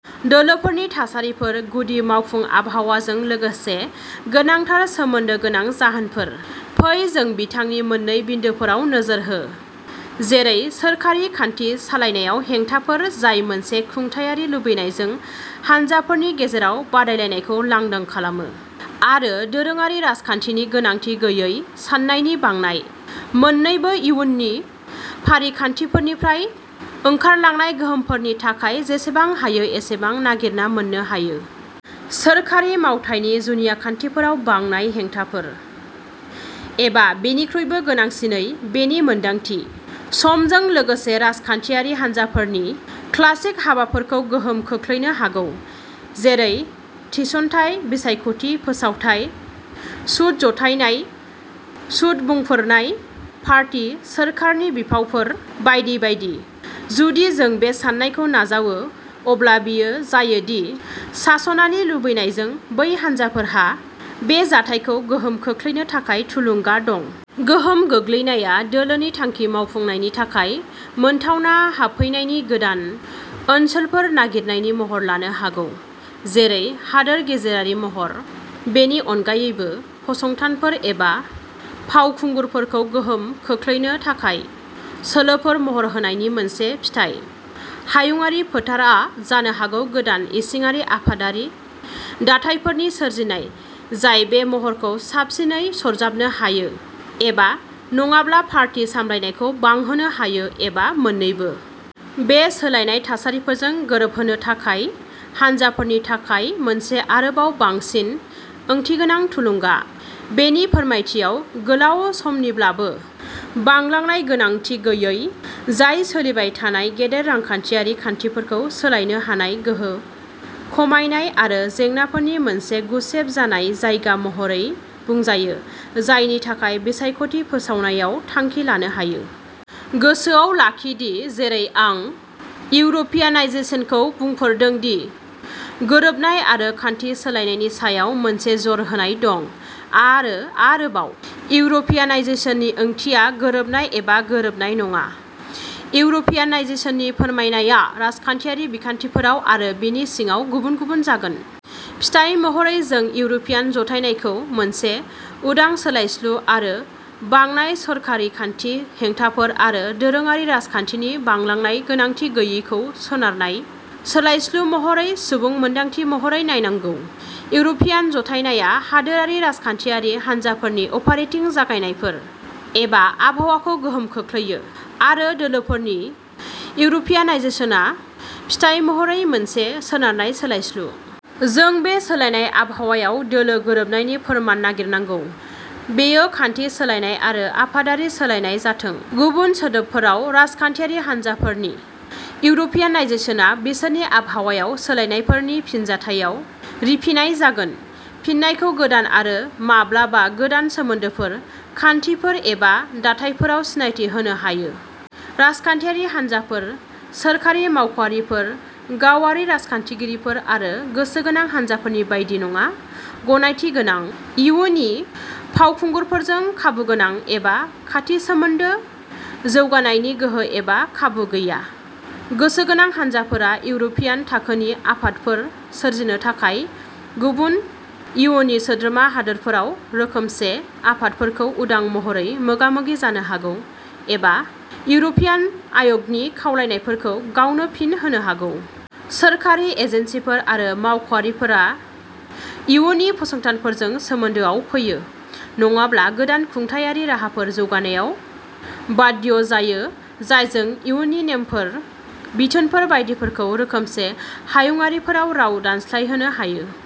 दोलोफोरनि थासारिफोर गुदि मावफुं आबहावाजों लोगोसे गोनांथार सोमोन्दो गोनां जाहोनफोर। फै जों बिथांनि मोन्नै बिन्दोफोराव नोजोर हो, जेरै सोरखारि खान्थि सालायनायआव हेंथाफोर जाय मोनसे खुंथायारि लुबैनायजों हानजाफोरनि गेजेराव बादायलायनायखौ लांदां खालामो, आरो दोरोङारि राजखान्थिनि गोनांथि गैयै साननायनि बांनाय, मोननैबो इयुनि फारिखान्थिफोरनिफ्राय ओंखारलांनाय गोहोमफोरनि थाखाय जेसेबां हायो एसेबां नागिरना मोननो हायो। सोरखारि मावथायनि जुनियाथिफोराव बांनाय हेंथाफोर, एबा बेनिख्रुइबो गोनांसिनै, बेनि मोनदांथि, समजों लोगोसे राजखान्थियारि हानजाफोरनि क्लासिक हाबाफोरखौ गोहोम खोख्लैनो हागौ, जेरै थिसनथाय, बिसायख'थि फोसावथाय, सुद जथायनाय, सुद बुंफोरनाय, पार्टी सोरखारनि बिफावफोर, बायदि बायदि। जुदि जों बे सान्नायखौ नाजावो, अब्ला बेयो जायो दि सासनारि लुबैनायजों बै हानजाफोरहा बे जाथायखौ गोहोम खोख्लैनो थाखाय थुलुंगा दं। गोहोम गोग्लैनाया दोलोनि थांखि मोनफुंनायनि थाखाय मोनथावना हाबफैनायनि गोदान ओनसोलफोर नागिरनायनि महर लानो हागौ, जेरै, हादोर गेजेरारि महर। बेनि अनगायैबो, फसंथानफोर एबा फावखुंगुरफोरखौ गोहोम खोख्लैनो थाखाय सोलोफोर महर होनायनि मोनसे फिथाय। हायुंआरि फोथारआ जानो हागौ गोदान इसिङारि आफादारि दाथायफोरनि सोरजिनाय जाय बे महरखौ साबसिनै सरजाबनो हायो एबा नङाब्ला पार्टी सामलायनायखौ बांहोनो हायो, एबा मोन्नैबो। बे सोलायनाय थासारिफोरजों गोरोबहोनो थाखाय हानजाफोरनि थाखाय मोनसे आरोबाव बांसिन ओंथिगोनां थुलुंगा, बेनि फोरमायथियाव गोलाव समनिब्लाबो, बांलांनाय गोनांथि गैयै, जाय सोलिबाय थानाय गेदेर रांखान्थियारि खान्थिफोरखौ सोलायनो हानाय गोहो खमायनाय आरो जेंनाफोरनि मोनसे गुसेब जानाय जायगा महरै बुंजायो जायनि थाखाय बिसायख'थि फोसावनायाव थांखि लानो हायो। गोसोआव लाखि दि जेरै आं इउर'पियानाइजेसनखौ बुंफोरदों दि गोरोबनाय आरो खान्थि सोलायनायनि सायाव मोनसे जर होनाय दं, आरो आरोबाव, इउर'पियानाइजेसननि ओंथिया गोरोबनाय एबा गोरोबनाय नङा, इउर'पियानाइजेसननि फोरमानआ राजखान्थियारि बिखान्थिफोराव आरो बेनि सिङाव गुबुन-गुबुन जागोन। फिथाय महरै, जों इउर'पियान जथायनायखौ मोनसे उदां सोलायस्लु आरो बांनाय सोरखारि खान्थि हेंथाफोर आरो दोरोङारि राजखान्थिनि बांलांनाय गोनांथि गैयैखौ सोनारनाय सोलायस्लु महरै सुबुं मोनदांथि महरै नायनांगौ। इउर'पियान जथायनाया हादोरारि राजखान्थियारि हानजाफोरनि अपारेटिं जायगाफोर, एबा आबहावाखौ गोहोम खोख्लैयो, आरो दोलोफोरनि इउर'पियानाइजेसनआ फिथाय महरै मोनसे सोनारनाय सोलायस्लु। जों बे सोलायनाय आबहावायाव दोलो गोरोबनायनि फोरमान नागिरनांगौ, बेयो खान्थि सोलायनाय आरो आफादारि सोलायनाय जाथों। गुबुन सोदोबफोराव, राजखान्थियारि हान्जाफोरनि इउर'पियानाइजेसनआ बिसोरनि आबहावायाव सोलायनायफोरनि फिनजाथायाव रिफिनाय जागोन। फिननायखौ गोदान आरो माब्लाबा गोदान सोमोन्दोफोर, खान्थिफोर एबा दाथायफोराव सिनायथि होनो हायो। राजखान्थियारि हान्जाफोर, सोरखारि मावख'आरिफोर, गावारि राजखान्थिगिरिफोर आरो गोसो गोनां हानजाफोरनि बायदि नङा, गनायथिगोनां इयुनि फावखुंगुरफोरजों खाबुगोनां एबा खाथि सोमोन्दो जौगाहोनायनि गोहो एबा खाबु गैया। गोसो गोनां हानजाफोरा इउर'पियान थाखोनि आफादफोर सोरजिनो थाखाय गुबुन इयुनि सोद्रोमा हादोरफोराव रोखोमसे आफादफोरखौ उदां महरै मोगा मोगि जानो हागौ, एबा इउर'पियान आय'गनि खावलायनायफोरखौ गावनो फिन होनो हागौ। सोरखारि एजेन्सिफोर आरो मावख'आरिफोरा इयुनि फसंथानफोरजों सोमोन्दोआव फैयो, नङाब्ला गोदान खुंथायारि राहाफोर जौगाहोनायाव बाध्य जायो जायजों इयुनि नेमफोर, बिथोनफोर बायदिफोरखौ रोखोमसे हायुंआरिफोराव राव दानस्लायहोनो हायो।